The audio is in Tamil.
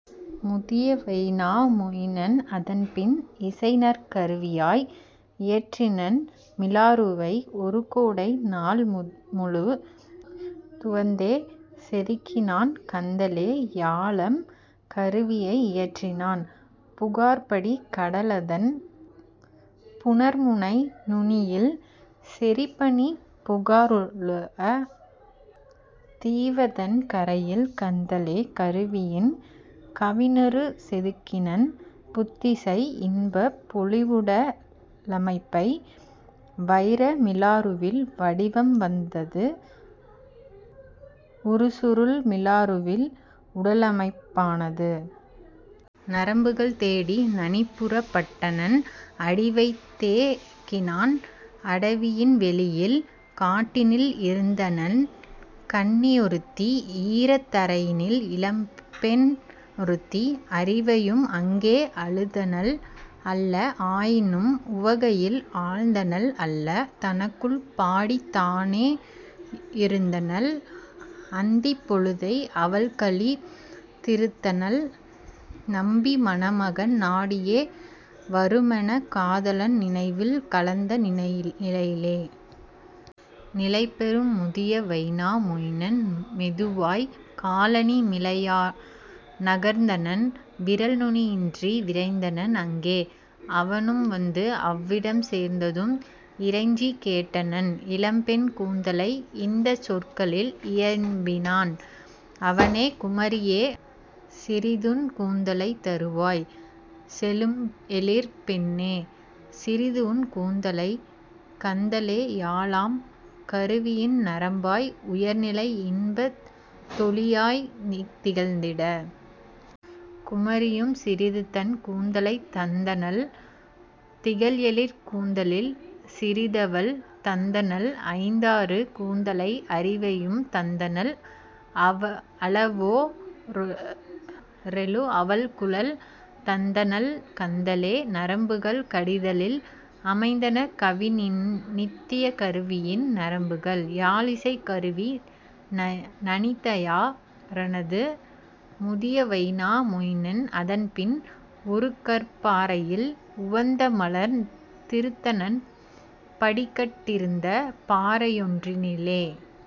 " முதிய வைனா மொயினன் அதன்பின்। இசைநற் கருவியாய் இயற்றினன் மிலாறுவை; ஒருகோடை நாள்முழு துவந்தே செதுக்கினான் கந்தலே யாழாம் கருவியை இயற்றினான் புகார்படி கடலதன் புணர்முனை நுனியில் செறிபனிப் புகாருள தீவதன் கரையில் கந்தலே கருவியின் கவினுருச் செதுக்கினன் புத்திசை இன்பப் பொலிவுட லமைப்பை வைர மிலாறுவில் வடிவம் வந்தது உறுசுருள் மிலாறுவில் உடலமைப் பானது. " நரம்புகள் தேடி நனிபுறப் பட்டனன் அடிவைத் தேக்கினான் அடவியின் வெளியில் காட்டினில் இருந்தனள் கன்னி யொருத்தி ஈரத் தரையினில் இளம்பெண் ணொருத்தி அரிவையும் அங்கே அழுதனள் அல்ல ஆயினும் உவகையில் ஆழ்ந்தனள் அல்ல தனக்குள் பாடித் தானே யிருந்தனள் அந்திப் பொழுதை அவள்கழித் திருந்தனள் நம்பி மணமகன் நாடியே வருமென காதலன் நினைவில் கலந்த நிலையிலே. நிலைபெறும் முதிய வைனா மொயினன் மெதுவாய்க் காலணி மிலையா நகர்ந்தனன் விரல்துணி யின்றி விரைந்தனன் அங்கே; அவனும் வந்து அவ்விடம் சேர்ந்ததும் இறைஞ்சிக் கேட்டனன் இளம்பெண் கூந்தலை இந்தச் சொற்களில் இயம்பினன் அவனே: "குமரியே, சிறிதுன் கூந்தலைத் தருவாய்! செழும்எழிற் பெண்ணே, சிறிதுஉன் கூந்தலை! கந்தலே யாழாம் கருவியின் நரம்பாய் உயர்நிலை இன்பத் தொலியாய்த் திகழ்ந்திட! " குமரியும் சிறிதுதன் கூந்தலைத் தந்தனள் திகழ்எழிற் கூந்தலில் சிறிதவள் தந்தனள் ஐந்தாறு கூந்தலை அரிவையும் தந்தனள் அளவோ ரேழு அவள்குழல் தந்தனள் கந்தலே நரம்புகள் கடிததில் அமைந்தன கவின்இன் நித்தியக் கருவியின் நரம்புகள். யாழிசைக் கருவி நனிதயா ரானது; முதிய வைனா மொயினன் அதன்பின் ஒருகற் பாறையில் உவந்தமர்ந் திருந்தனன் படிக்கட் டிருந்த பாறையொன் றினிலே.